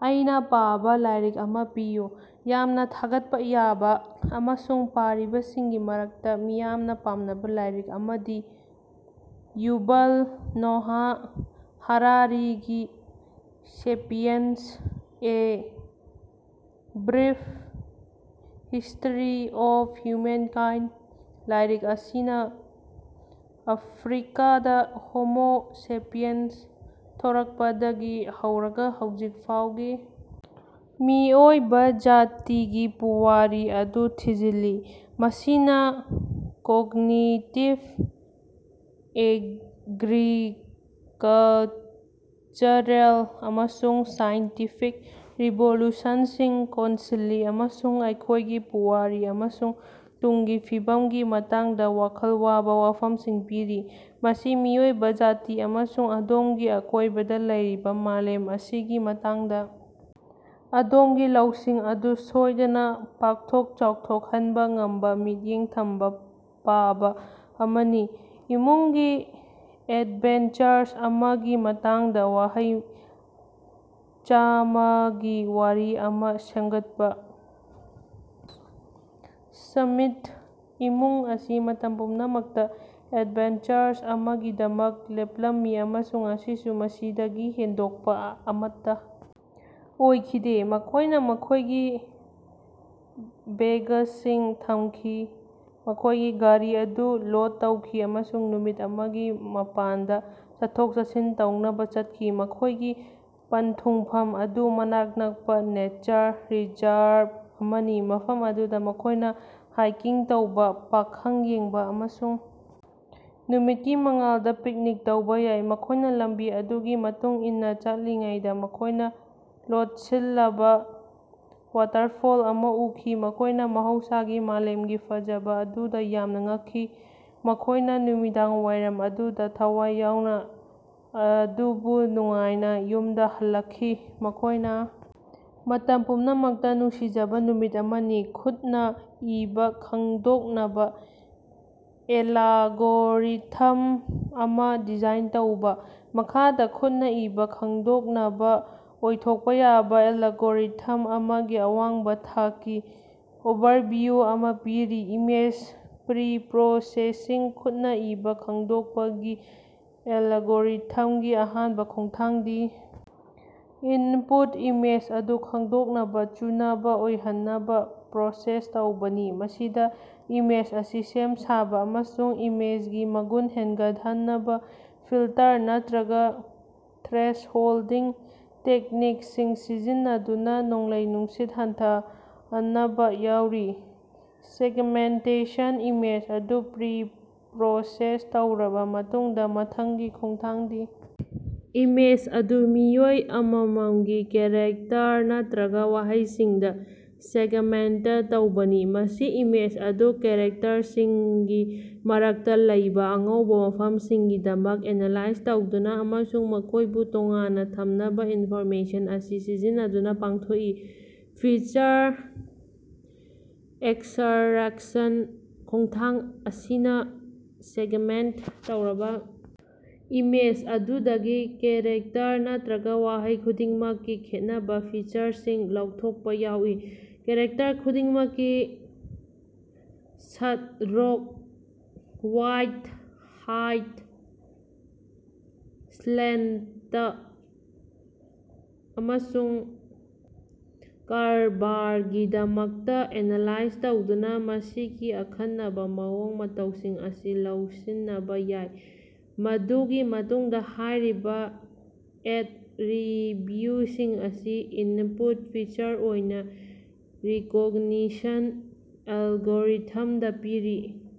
ꯑꯩꯅꯥ ꯄꯥꯕ ꯂꯥꯏꯔꯤꯛ ꯑꯃꯥ ꯄꯤꯌꯨ꯫ ꯌꯥꯝꯅ ꯊꯥꯒꯠꯄꯥ ꯌꯥꯕ ꯑꯃꯁꯨꯡ ꯄꯥꯔꯤꯕꯁꯤꯡꯒꯤ ꯃꯔꯛꯇꯥ ꯃꯤꯌꯥꯝꯅ ꯄꯥꯝꯅꯕ ꯂꯥꯏꯔꯤꯛ ꯑꯃꯗꯤ ꯌꯨꯚꯜ ꯅꯣꯍꯥ ꯍꯔꯥꯔꯤꯒꯤ "Sapiens" a brief history of humankind. ꯂꯥꯏꯔꯤꯛ ꯑꯁꯤꯅꯥ ꯑꯐ꯭ꯔꯤꯀꯥꯗꯥ ꯍꯣꯃꯣ ꯁꯦꯄꯤꯌꯟꯁ ꯊꯣꯔꯛꯄꯗꯒꯤ ꯍꯧꯔꯒ ꯍꯧꯖꯤꯛ ꯐꯥꯎꯒꯤ ꯃꯤꯑꯣꯏꯕ ꯖꯥꯇꯤꯒꯤ ꯄꯨꯋꯥꯔꯤ ꯑꯗꯨ ꯊꯤꯖꯤꯜꯂꯤ꯫ ꯃꯁꯤꯅꯥ ꯀꯣꯒꯅꯤꯇꯤꯕ, ꯑꯦꯒ꯭ꯔꯤꯀꯆꯔꯦꯜ, ꯑꯃꯁꯨꯡ ꯁꯥꯏꯟꯇꯤꯐꯤꯛ ꯔꯤꯚꯣꯂꯨꯁꯟꯁꯤꯡ ꯀꯣꯟꯁꯤꯜꯂꯤ ꯑꯃꯁꯨꯡ ꯑꯩꯈꯣꯏꯒꯤ ꯄꯨꯋꯥꯔꯤ ꯑꯃꯁꯨꯡ ꯇꯨꯡꯒꯤ ꯐꯤꯕꯝꯒꯤ ꯃꯇꯥꯡꯗꯥ ꯋꯥꯈꯜ ꯋꯥꯕ ꯋꯥꯐꯝꯁꯤꯡ ꯄꯤꯔꯤ꯫ ꯃꯁꯤ ꯃꯤꯑꯣꯏꯕ ꯖꯥꯇꯤ ꯑꯃꯁꯨꯡ ꯑꯗꯣꯝꯒꯤ ꯑꯀꯣꯏꯕꯗ ꯂꯩꯔꯤꯕ ꯃꯥꯂꯦꯝ ꯑꯁꯤꯒꯤ ꯃꯇꯥꯡꯗꯥ ꯑꯗꯣꯝꯒꯤ ꯂꯧꯁꯤꯡ ꯑꯗꯨ ꯁꯣꯏꯗꯅ ꯄꯥꯛꯊꯣꯛ ꯆꯥꯎꯊꯣꯛꯍꯟꯕ ꯉꯝꯕ ꯃꯤꯠꯌꯦꯡ ꯊꯝꯕ ꯄꯥꯕ ꯑꯃꯅꯤ꯫ ꯏꯃꯨꯡꯒꯤ ꯑꯦꯗꯚꯦꯟꯆꯔ ꯑꯃꯒꯤ ꯃꯇꯥꯡꯗꯥ ꯋꯥꯍꯩ ꯆꯥꯃꯥꯒꯤ ꯋꯥꯔꯤ ꯑꯃꯥ ꯁꯦꯝꯒꯠꯄꯥ꯫ ꯁ꯭ꯃꯤꯊ ꯏꯃꯨꯡ ꯑꯁꯤ ꯃꯇꯝ ꯄꯨꯝꯅꯃꯛꯇꯥ ꯑꯦꯗꯚꯦꯟꯆꯔ ꯑꯃꯒꯤꯗꯃꯛ ꯂꯦꯞꯂꯝꯃꯤ, ꯑꯃꯁꯨꯡ ꯉꯁꯤꯁꯨ ꯃꯁꯤꯗꯒꯤ ꯍꯦꯟꯗꯣꯛꯄ ꯑꯃꯠꯇꯥ ꯑꯣꯏꯈꯤꯗꯦ꯫ ꯃꯈꯣꯏꯅ ꯃꯈꯣꯏꯒꯤ ꯕꯦꯒꯁꯤꯡ ꯊꯝꯈꯤ, ꯃꯈꯣꯏꯒꯤ ꯒꯥꯔꯤ ꯑꯗꯨ ꯂꯣꯗ ꯇꯧꯈꯤ ꯑꯃꯁꯨꯡ ꯅꯨꯃꯤꯠ ꯑꯃꯒꯤ ꯃꯄꯥꯟꯗꯥ ꯆꯠꯊꯣꯛ-ꯆꯠꯁꯤꯟ ꯇꯧꯅꯕ ꯆꯠꯈꯤ꯫ ꯃꯈꯣꯏꯒꯤ ꯄꯟꯊꯨꯡꯐꯝ ꯑꯗꯨ ꯃꯅꯥꯛ ꯅꯛꯄꯥ ꯅꯦꯆꯔ ꯔꯤꯖꯔꯕ ꯑꯃꯅꯤ, ꯃꯐꯝ ꯑꯗꯨꯗꯥ ꯃꯈꯣꯏꯅ ꯍꯥꯏꯀꯤꯡ ꯇꯧꯕ, ꯄꯥꯈꯪ ꯌꯦꯡꯕ ꯑꯃꯁꯨꯡ ꯅꯨꯃꯤꯠꯀꯤ ꯃꯉꯥꯜꯗ ꯄꯤꯛꯅꯤꯛ ꯇꯧꯕ ꯌꯥꯏ꯫ ꯃꯈꯣꯏꯅ ꯂꯝꯕꯤ ꯑꯗꯨꯒꯤ ꯃꯇꯨꯡ ꯏꯟꯅꯥ ꯆꯠꯂꯤꯉꯩꯗ ꯃꯈꯣꯏꯅ ꯂꯣꯠꯁꯤꯜꯂꯕ ꯋꯥꯇꯔꯐꯣꯜ ꯑꯃꯥ ꯎꯈꯤ, ꯃꯈꯣꯏꯅ ꯃꯍꯧꯁꯥꯒꯤ ꯃꯥꯂꯦꯝꯒꯤ ꯐꯖꯕ ꯑꯗꯨꯗꯥ ꯌꯥꯝꯅ ꯉꯛꯈꯤ꯫ ꯃꯈꯣꯏꯅ ꯅꯨꯃꯤꯗꯥꯡꯋꯥꯏꯔꯝ ꯑꯗꯨꯗꯥ ꯊꯋꯥꯏ ꯌꯥꯎꯅ ꯑꯗꯨꯕꯨ ꯅꯨꯡꯉꯥꯏꯅꯥ ꯌꯨꯝꯗꯥ ꯍꯜꯂꯛꯈꯤ꯫ ꯃꯈꯣꯏꯅ ꯃꯇꯝ ꯄꯨꯝꯅꯃꯛꯇꯥ ꯅꯨꯡꯁꯤꯖꯕ ꯅꯨꯃꯤꯠ ꯑꯃꯅꯤ꯫ ꯈꯨꯠꯅꯥ ꯏꯕꯥ ꯈꯪꯗꯣꯛꯅꯕꯥ ꯑꯦꯂꯒꯣꯔꯤꯊꯝ ꯑꯃꯥ ꯗꯤꯖꯥꯏꯟ ꯇꯧꯕꯥ꯫ ꯃꯈꯥꯗꯥ ꯈꯨꯠꯅꯥ ꯏꯕꯥ ꯈꯪꯗꯣꯛꯅꯕꯥ ꯑꯣꯏꯊꯣꯛꯄ ꯌꯥꯕ ꯑꯦꯂꯒꯣꯔꯤꯊꯝ ꯑꯃꯒꯤ ꯑꯋꯥꯡꯕꯥ ꯊꯥꯛꯀꯤ ꯑꯣꯚꯔꯚꯤꯌꯨ ꯑꯃꯥ ꯄꯤꯔꯤ ꯏꯃꯦꯖ ꯄ꯭ꯔꯤ-ꯄ꯭ꯔꯣꯁꯦꯁꯤꯡ ꯈꯨꯠꯅꯥ ꯏꯕꯥ ꯈꯪꯗꯣꯛꯄꯒꯤ ꯑꯦꯂꯒꯣꯔꯤꯊꯝꯒꯤ ꯑꯍꯥꯟꯕ ꯈꯣꯡꯊꯥꯡꯗꯤ ꯏꯅꯄꯨꯠ ꯏꯃꯦꯖ ꯑꯗꯨ ꯈꯪꯗꯣꯛꯅꯕ ꯆꯨꯅꯕ ꯑꯣꯏꯍꯟꯅꯕ ꯄ꯭ꯔꯣꯁꯦꯁ ꯇꯧꯕꯅꯤ꯫ ꯃꯁꯤꯗꯥ ꯏꯃꯦꯖ ꯑꯁꯤ ꯁꯦꯝ ꯁꯥꯕ ꯑꯃꯁꯨꯡ ꯏꯃꯦꯖꯒꯤ ꯃꯒꯨꯟ ꯍꯦꯟꯒꯠꯍꯟꯅꯕ ꯐꯤꯜꯇꯔ ꯅꯠꯇ꯭ꯔꯒ ꯊ꯭ꯔꯦꯁꯍꯣꯜꯗꯤꯡ ꯇꯦꯛꯅꯤꯛꯁꯤꯡ ꯁꯤꯖꯤꯟꯅꯗꯨꯅꯥ ꯅꯣꯡꯂꯩ-ꯅꯨꯡꯁꯤꯠ ꯍꯟꯊꯍꯅꯕꯥ ꯌꯥꯎꯔꯤ꯫ ꯁꯦꯒꯃꯦꯟꯇꯦꯁꯟ ꯏꯃꯦꯖ ꯑꯗꯨ ꯄ꯭ꯔꯤ-ꯄ꯭ꯔꯣꯁꯦꯁ ꯇꯧꯔꯕꯥ ꯃꯇꯨꯡꯗꯥ ꯃꯊꯪꯒꯤ ꯈꯣꯡꯊꯥꯡꯗꯤ ꯏꯃꯦꯖ ꯑꯗꯨ ꯃꯤꯑꯣꯏ ꯑꯃꯃꯝꯒꯤ ꯀꯦꯛꯔꯦꯇꯔ ꯅꯠꯇ꯭ꯔꯒꯥ ꯋꯥꯍꯩꯁꯤꯡꯗꯥ ꯁꯦꯒꯃꯦꯟꯇ ꯇꯧꯕꯅꯤ꯫ ꯃꯁꯤ ꯏꯃꯦꯖ ꯑꯗꯨ ꯀꯦꯛꯔꯦꯇꯔꯁꯤꯡꯒꯤ ꯃꯔꯛꯇꯥ ꯂꯩꯕ ꯑꯉꯧꯕ ꯋꯥꯐꯝꯁꯤꯡꯒꯤꯗꯃꯛ ꯑꯦꯅꯥꯂꯥꯏꯖ ꯇꯧꯗꯨꯅꯥ ꯑꯃꯁꯨꯡ ꯃꯈꯣꯏꯕꯨ ꯇꯣꯉꯥꯟꯅꯥ ꯊꯝꯅꯕꯥ ꯏꯟꯐꯣꯔꯃꯦꯁꯟ ꯑꯁꯤ ꯁꯤꯖꯤꯟꯅꯗꯨꯅꯥ ꯄꯥꯡꯊꯣꯛꯏ꯫ ꯐꯤꯆꯔ ꯑꯦꯛꯁꯠꯔꯥꯛꯁꯟ ꯈꯣꯡꯊꯥꯡ ꯑꯁꯤꯅꯥ ꯁꯦꯒꯃꯦꯟꯠ ꯇꯧꯔꯕ ꯏꯃꯦꯖ ꯑꯗꯨꯗꯒꯤ ꯀꯦꯛꯔꯦꯇꯔ ꯅꯠꯇ꯭ꯔꯒ ꯋꯥꯍꯩ ꯈꯨꯗꯤꯡꯃꯛꯀꯤ ꯈꯦꯠꯅꯕꯥ ꯐꯤꯆꯔꯁꯤꯡ ꯂꯧꯊꯣꯛꯄꯥ ꯌꯥꯎꯏ꯫ ꯀꯦꯛꯔꯦꯛꯇꯔ ꯈꯨꯗꯤꯡꯃꯛꯀꯤ ꯁꯠꯔꯣꯛ ꯋꯥꯏꯗ, ꯍꯥꯏꯠ, ꯁ꯭ꯂꯦꯟꯇ ꯑꯃꯁꯨꯡ ꯀꯔꯕꯥꯔꯒꯤꯗꯃꯛꯇꯥ ꯑꯦꯅꯥꯂꯥꯏꯖ ꯇꯧꯗꯨꯅꯥ ꯃꯁꯤꯒꯤ ꯑꯈꯟꯅꯕ ꯃꯑꯣꯡ ꯃꯇꯧꯁꯤꯡ ꯑꯁꯤ ꯂꯧꯁꯤꯅꯕꯥ ꯌꯥꯏ꯫ ꯃꯗꯨꯒꯤ ꯃꯇꯨꯡꯗꯥ ꯍꯥꯏꯔꯤꯕ ꯑꯦꯠꯔꯤꯕ꯭ꯌꯨꯠꯁꯤꯡ ꯑꯁꯤ ꯏꯅꯄꯨꯠ ꯐꯤꯆꯔ ꯑꯣꯏꯅ ꯔꯤꯀꯣꯒꯅꯤꯁꯟ ꯑꯦꯂꯒꯣꯔꯤꯊꯝꯗꯥ ꯄꯤꯔꯤ꯫